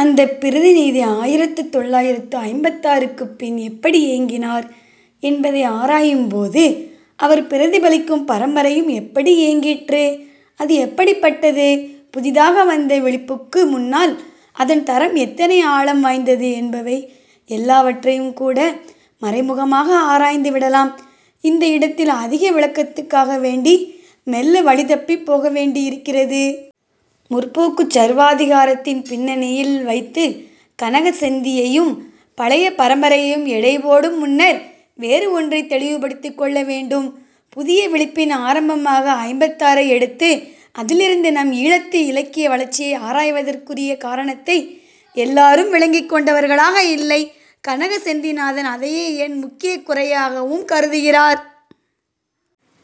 அந்தப் பிரதிநிதி ஆயிரத்து தொள்ளாயிரத்து ஐம்பத்தாறுக்குப் பின் எப்படி இயங்கினார் என்பதை ஆராயும்போது அவர் பிரதிபலிக்கும் பரம்பரையும் எப்படி இயங்கிற்று, அது எப்படிப்பட்டது, புதிதாக வந்த விழிப்புக்கு முன்னால் அதன் தரம் எத்தனை ஆழம் வாய்ந்தது என்பவை எல்லாவற்றையுங்கூட மறைமுகமாக ஆராய்ந்துவிடலாம். இந்த இடத்தில் அதிக விளக்கத்துக்காக வேண்டி மெல்ல வழி தப்பிப் போகவேண்டியிருக்கிறது. 'முற்போக்கு'ச் சர்வாதிகாரத்தின் பின்னணியில் வைத்துக் கனக செந்தியையும் பழைய பரம்பரையையும் எடைபோடும் முன்னர் வேறு ஒன்றைத் தெளிவுபடுத்திக்கொள்ள வேண்டும். புதிய விழிப்பின் ஆரம்பமாக ஐம்பத்தாறை எடுத்து அதிலிருந்து நம் ஈழத்து இலக்கிய வளர்ச்சியை ஆராய்வதற்குரிய காரணத்தை எல்லாரும் விளங்கிக்கொண்டவர்களாக இல்லை. கனக செந்திநாதன் அதையே என் முக்கியக் குறையாகவும் கருதுகிறார்.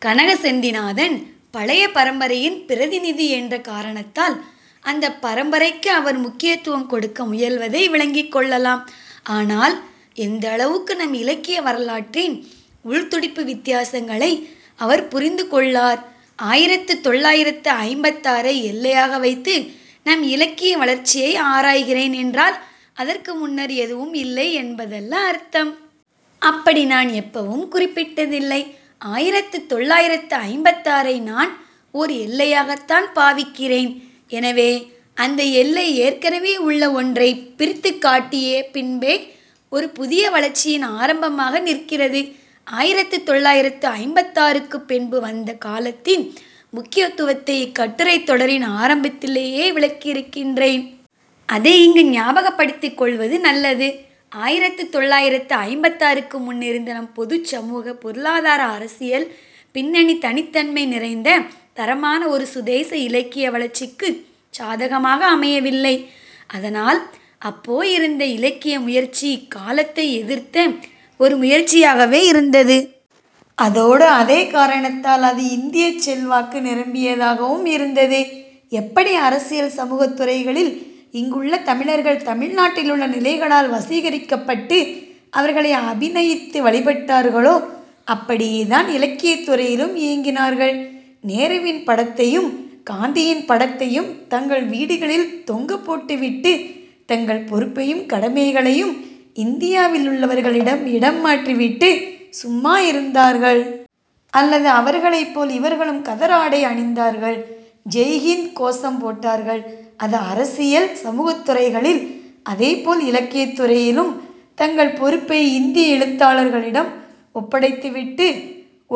கனக செந்திநாதன் பழைய பரம்பரையின் பிரதிநிதி என்ற காரணத்தால் அந்தப் பரம்பரைக்கு அவர் முக்கியத்துவம் கொடுக்க முயல்வதை விளங்கிக்கொள்ளலாம். ஆனால் எந்தளவுக்கு நம் இலக்கிய வரலாற்றின் உள்துடிப்பு வித்தியாசங்களை அவர் புரிந்துகொள்ளார். ஆயிரத்து தொள்ளாயிரத்து ஐம்பத்தாறை எல்லையாக வைத்து நம் இலக்கிய வளர்ச்சியை ஆராய்கிறேன் என்றால் அதற்கு முன்னர் எதுவும் இல்லை என்பதல்ல அர்த்தம். அப்படி நான் எப்பவும் குறிப்பிட்டதில்லை. ஆயிரத்து தொள்ளாயிரத்து ஐம்பத்தாறை நான் ஓர் எல்லையாகத்தான் பாவிக்கிறேன். எனவே, அந்த எல்லை ஏற்கனவே உள்ள ஒன்றைப் பிரித்துக் காட்டிய பின்பே ஒரு புதிய வளர்ச்சியின் ஆரம்பமாக நிற்கிறது. ஆயிரத்து தொள்ளாயிரத்து ஐம்பத்தாறுக்குப் பின்பு வந்த காலத்தின் முக்கியத்துவத்தை இக்கட்டுரைத் தொடரின் ஆரம்பத்திலேயே விளக்கியிருக்கின்றேன். அதை இங்கு ஞாபகப்படுத்திக்கொள்வது நல்லது. ஆயிரத்து தொள்ளாயிரத்து ஐம்பத்தாறுக்கு முன்னிருந்த நம் பொதுச் சமூக, பொருளாதார, அரசியல் பின்னணி தனித்தன்மை நிறைந்த தரமான ஒரு சுதேச இலக்கிய வளர்ச்சிக்குச் சாதகமாக அமையவில்லை. அதனால் அப்போ இருந்த இலக்கிய முயற்சி காலத்தை எதிர்த்த ஒரு முயற்சியாகவே இருந்தது. அதோடு அதே காரணத்தால் அது இந்தியச் செல்வாக்கு நிரம்பியதாகவும் இருந்தது. எப்படி அரசியல் சமூகத்துறைகளில் இங்குள்ள தமிழர்கள் தமிழ்நாட்டிலுள்ள நிலைகளால் வசீகரிக்கப்பட்டு அவர்களை அபிநயித்து வழிபட்டார்களோ அப்படியேதான் இலக்கியத்துறையிலும் இயங்கினார்கள். நேருவின் படத்தையும் காந்தியின் படத்தையும் தங்கள் வீடுகளில் தொங்கப்போட்டுவிட்டு, தங்கள் பொறுப்பையும் கடமைகளையும் இந்தியாவிலுள்ளவர்களிடம் இடம் மாற்றிவிட்டு சும்மா இருந்தார்கள். அல்லது அவர்களைப்போல் இவர்களும் கதர் ஆடை அணிந்தார்கள். 'ஜெய் ஹிந்த்' கோசம் போட்டார்கள். அது அரசியல் சமூகத்துறைகளில். அதேபோல் இலக்கியத்துறையிலும் தங்கள் பொறுப்பை இந்திய எழுத்தாளர்களிடம் ஒப்படைத்துவிட்டு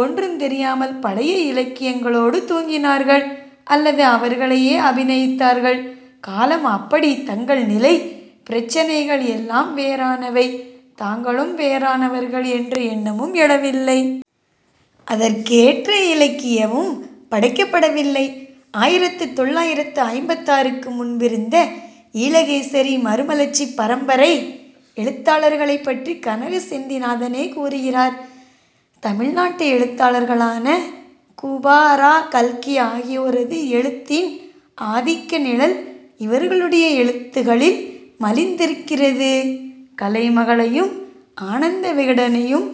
ஒன்றுந் தெரியாமல் பழைய இலக்கியங்களோடு தூங்கினார்கள் அல்லது அவர்களையே அபிநயித்தார்கள். காலம் அப்படி. தங்கள் நிலை, பிரச்சினைகள் எல்லாம் வேறானவை, தாங்களும் வேறானவர்கள் என்ற எண்ணமும் எழவில்லை. அதற்கேற்ற இலக்கியமும் படைக்கப்படவில்லை. ஆயிரத்து தொள்ளாயிரத்து ஐம்பத்தாறுக்கு முன்பிருந்த ஈழகேசரி, மறுமலர்ச்சிப் பரம்பரை எழுத்தாளர்களைப்பற்றி கனக செந்திநாதனே கூறுகிறார். தமிழ்நாட்டு எழுத்தாளர்களான கு. ப. ரா. 'கல்கி' ஆகியோரது எழுத்தின் ஆதிக்க நிழல் இவர்களுடைய எழுத்துகளில் மலிந்திருக்கிறது. 'கலைமகளை'யும் 'ஆனந்தவிகடனை'யும்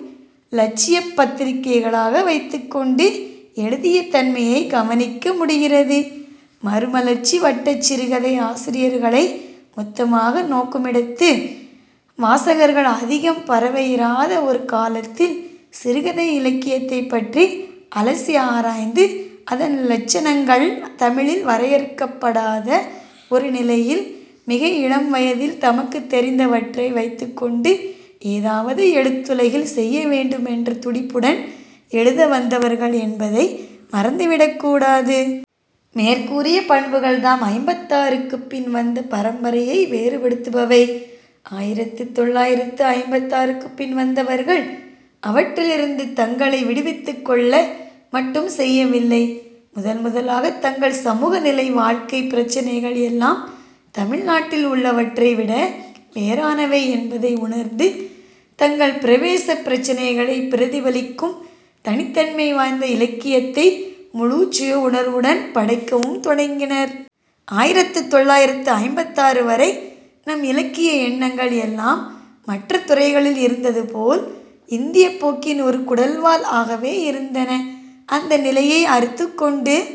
இலட்சியப் பத்திரிகைகளாக வைத்துக்கொண்டு எழுதிய தன்மையைக் கவனிக்க முடிகிறது மறுமலர்ச்சி வட்டச் சிறுகதை ஆசிரியர்களை மொத்தமாக நோக்குமிடத்து வாசகர்கள் அதிகம் பரவியிராத ஒரு காலத்தில், சிறுகதை இலக்கியத்தைப்பற்றி அலசி ஆராய்ந்து அதன் இலட்சணங்கள் தமிழில் வரையறுக்கப்படாத ஒரு நிலையில், மிக இளம்வயதில் தமக்குத் தெரிந்தவற்றை வைத்துக்கொண்டு, ஏதாவது எழுத்துலகில் செய்யவேண்டுமென்ற துடிப்புடன் எழுத வந்தவர்கள் என்பதை மறந்துவிடக் கூடாது. மேற்கூறிய பண்புகள்தாம் ஐம்பத்தாறுக்குப் பின் வந்த பரம்பரையை வேறுபடுத்துபவை. ஆயிரத்து தொள்ளாயிரத்து ஐம்பத்தாறுக்குப் பின் வந்தவர்கள் அவற்றிலிருந்து தங்களை விடுவித்துக்கொள்ள மட்டும் செய்யவில்லை; முதல் முதலாகத் தங்கள் சமூகநிலை, வாழ்க்கை, பிரச்சினைகள் எல்லாம் தமிழ்நாட்டில் உள்ளவற்றை விட வேறானவை என்பதை உணர்ந்து தங்கள் பிரவேசப் பிரச்சினைகளைப் பிரதிபலிக்கும் தனித்தன்மை வாய்ந்த இலக்கியத்தை முழுச் சுயஉணர்வுடன் படைக்கவும் தொடங்கினர். ஆயிரத்து தொள்ளாயிரத்து ஐம்பத்தாறு வரை நம் இலக்கிய எண்ணங்கள் எல்லாம் மற்ற துறைகளில் இருந்ததுபோல் இந்தியப் போக்கின் ஒரு குடல்வால் ஆகவே இருந்தன. அந்த நிலையை அறுத்துக்கொண்டு